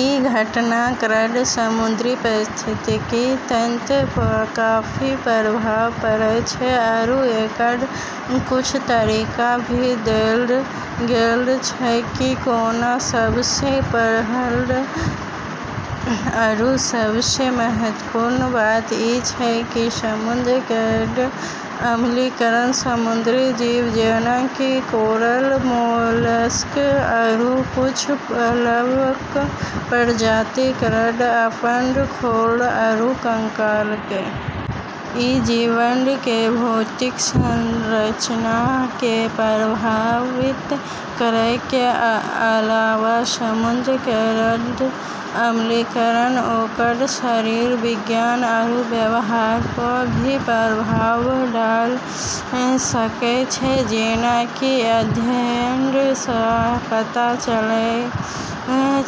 ई घटना केरऽ समुद्री पारिस्थितिकी तंत्र प॑ काफी प्रभाव पड़ै छै, आरू एकरऽ कुछ तरीका भी देलऽ गेलऽ छै कि कोना। सबसें पहलऽ आरू सबसें महत्वपूर्ण बात ई छै कि समुद्र केरऽ अम्लीकरण समुद्री जीव, जेना कि कोरल, मोलस्क, आरू कुछ प्लवक प्रजाति केरऽ अपनऽ खोल आरू कंकाल के निर्माण आरू रखरखाव के क्षमता क॑ प्रभावित करै छै। ई जीवऽ के भौतिक संरचना क॑ प्रभावित करै के अलावा समुद्र केरऽ अम्लीकरण ओकरऽ शरीर विज्ञान आरू व्यवहार प॑ भी प्रभाव डाल॑ सकै छै। जेना कि अध्ययनऽ स॑ पता चललै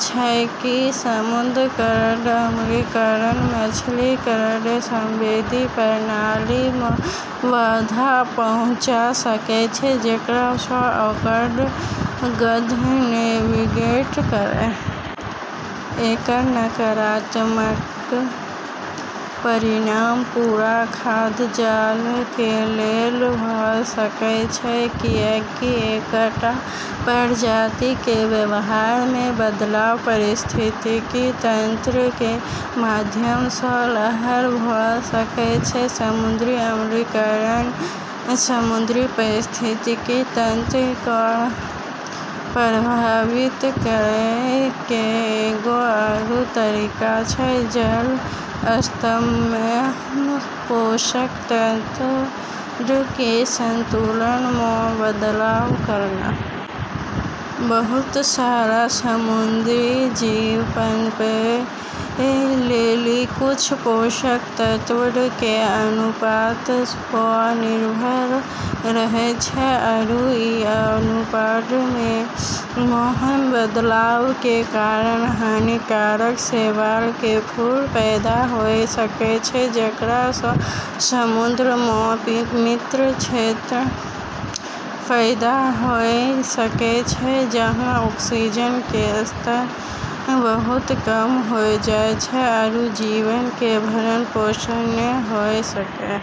छै कि समुद्र केरऽ अम्लीकरण मछली केरऽ संवेदी प्रणाली म॑ बाधा पहुँचा सकै छै, जेकरा स॑ ओकरऽ गंध, नेविगेट करै आरू शिकारी स॑ बचै के क्षमता खराब होय सकै छै। एकर नकारात्मक परिणाम पूरा खाद्य जाल कें लेल भ सकय छै, कियाकि एकटा प्रजाति कें व्यवहार मे बदलाव पारिस्थितिकी तंत्र कें माध्यम सं लहर भ सकय छै. समुद्री अम्लीकरण समुद्री पारिस्थितिकी तंत्र क॑ प्रभावित करै के एगो आरू तरीका छै जल स्तंभ म॑ पोषक तत्वऽ के संतुलन म॑ बदलाव करना। बहुत सारा समुद्री जीव पनपै लेली कुछ पोषक तत्वऽ के अनुपात प॑ निर्भर रहै छै, आरू ई अनुपातऽ म॑ बदलाव के कारण हानिकारक शैवाल के फूल पैदा होय सकै छै, जेकरा स॑ समुद्र म॑ मृत क्षेत्र पैदा होय सकै छै, जहाँ ऑक्सीजन के स्तर बहुत कम होय जाय छै आरू जीवन के भरण-पोषण नै होय सकै छै।